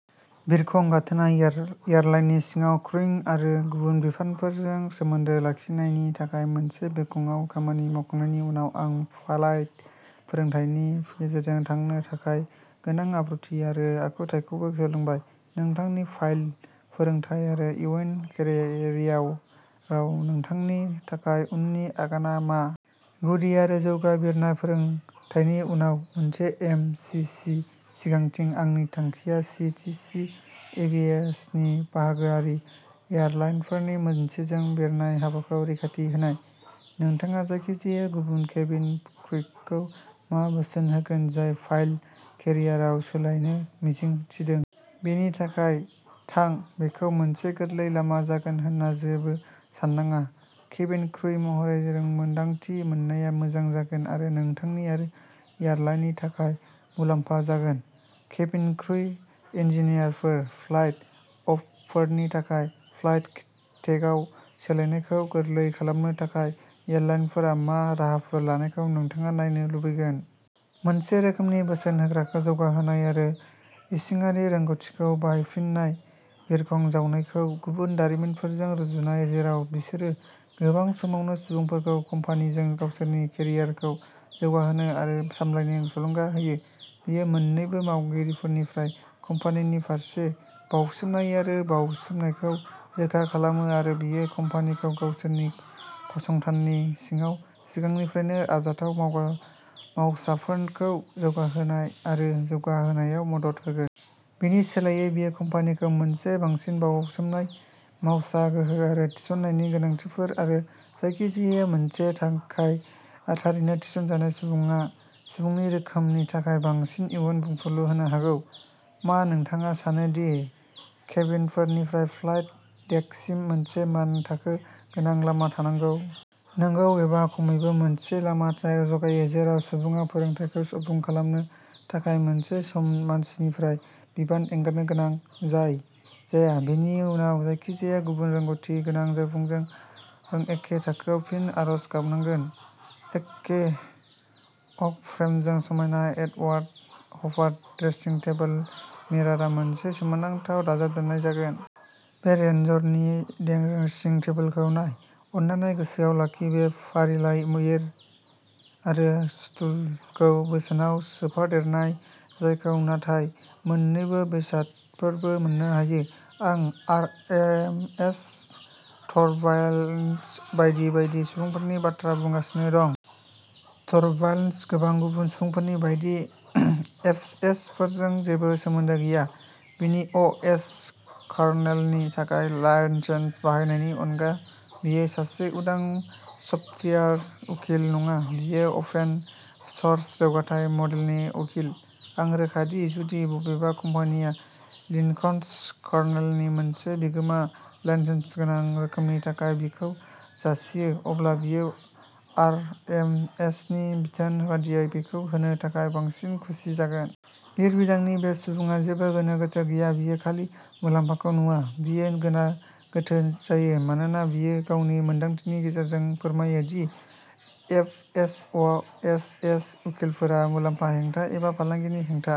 बिरखं गाथोना एयारलाइननि सिङाव क्रुइं आरो गुबुन बिफानफोरजों सोमोन्दो लाखिनायनि थाखाय मोनसे बिरखंआव खामानि मावखांनायनि उनाव आं पाइलट फोरोंथायनि गेजेरजों थांनो थाखाय गोनां आब्रुथि आरो आखुथायखौबो सोलोंबाय। नोंथांनि पाइलट फोरोंथाय आरो इयुन केरियाराव नोंथांनि थाखाय उननि आगानआ मा? गुदि आरो जौगा बिरनाय फोरोंथायनि उनाव मोनसे एम सि सि। सिगांथिं, आंनि थांखिया सि टि सि एभियेसननि बाहागोआरि एयारलाइनफोरनि मोनसेजों बिरनाय हाबाखौ रैखाथि होनाय। नोंथाङा जायखिजाया गुबुन केबिन क्रुखौ मा बोसोन होगोन जाय पाइलट केरियारआव सोलायनो मिजिं थिदों? बेनि थाखाय थां! बेखौ मोनसे गोरलै लामा जागोन होन्ना जेबो साननाङा। केबिन क्रु महरै रोंमोनदांथि मोननाया मोजां जागोन आरो नोंथांनि आरो एयारलाइननि थाखाय मुलाम्फा जागोन। केबिन क्रु इनजिनियारफोर, फ्लाइट अपफोरनि थाखाय फ्लाइट डेकआव सोलायनायखौ गोरलै खालामनो थाखाय एयारलाइनफोरा मा राहाफोर लानायखौ नोंथाङा नायनो लुबैगोन? मोनसे रोखोमनि बोसोन होग्राखौ जौगाहोनाय आरो इसिङारि रोंग'थिखौ बाहायफिननाय। बिरखं जावनायखौ गुबुन दारिमिनफोरजों रुजुननाय जेराव बिसोरो गोबां समावनो सुबुंफोरखौ कम्पानिजों गावसोरनि केरियारखौ जौगाहोनो आरो सामलायनो थुलुंगा होयो। बेयो मोननैबो मावगिरिनिफ्राय कम्पानिनि फारसे बाउसोमनाय आरो बाउसोमनायखौ रोखा खालामो आरो बेयो कम्पानिखौ गावसोरनि फसंथाननि सिङाव सिगांनिफ्रायनो आरजाथाव मावसाफोरखौ जौगाहोनाय आरो जौगाहोनायाव मदद होगोन। बेनि सोलायै बेयो कम्पानिखौ मोनसे बांसिन बावसोमनाय मावसा गोहो आरो थिसननायनि गोनांथिफोर आरो जायखिजाया मासिनि थाखाय थारैनो थिसनजानाय सुबुंनि रोखोमनि थाखाय बांसिन इयुन बुंफुरलु होनो हागौ। मा नोंथाङा सानो दि केबिननिफ्राय फ्लाइट डेकसिम मोनसे मानथाखो गोनां लामा थानांगौ? नंगौ, एबा खमैबो मोनसे लामा जगायो जेराव सुबुङा फोरोंथायखौ आबुं खालामनो थाखाय मोनसे मासिनिफ्राय बिबान एंगारनो गोनां जाया, बेनि उनाव जायखिजाया गुबुन रोंग'थि गोनां सुबुंजों एखे थाखोआव फिन आरज गाबनांगोन। ओक फ्रेमजों समायना एडवार्ड हपार ड्रेसिं टेबल मिररआ मोनसे सोमोनांथाव दाजाबदेरनाय जागोन। बे रेन्जनि ड्रेसिं टेबोलखौ नाय। अन्नानै गोसोआव लाखि बे फारिलाइआ मिरर अनलिनि थाखाय। गोरोबनाय ड्रेसिं टेबोल आरो स्टुलखौ बेसेनाव सोफादेरनाय जायाखै, नाथाय मोन्नैबो बेसादफोरबो मोननो हायो। आं आरएमएस, टरभाल्ड्स बायदि बायदि सुबुंफोरनि बाथ्रा बुंगासिनो दं। टरभाल्ड्स, गोबां गुबुन सुबुंफोरनि बायदि, एफएसएफजों जेबो सोमोन्दो गैया, बिनि अ एस कार्नेलनि थाखाय लाइसेन्स बाहायनायनि अनगा। बियो सासे उदां सफ्टवेयार उकिल नङा, बियो अपेन सोर्स जौगाथाय मडेलनि उकिल। आं रोखा दि जुदि बबेबा कम्पानिया लिनक्स कार्नेलनि मोनसे बिगोमा लाइसेन्सगोनां रोखोमनि थाखाय बिखौ जासियो, अब्ला बियो आरएमएसनि बिथोन बायदियै बेखौ होनो थाखाय बांसिन खुसि जागोन। लिरबिदांनि बे सुबुङा जेबो गोनो गोथो गैया, बियो खालि मुलाम्फाखौ नुवा। बियो गोनो गोथो जायो मानोना बियो गावनि मोनदांथिनि गेजेरजों फोरमायो the FS, A S S उकिलफोरा मुलाम्फा हेंथा एबा फालांगिनि हेंथा।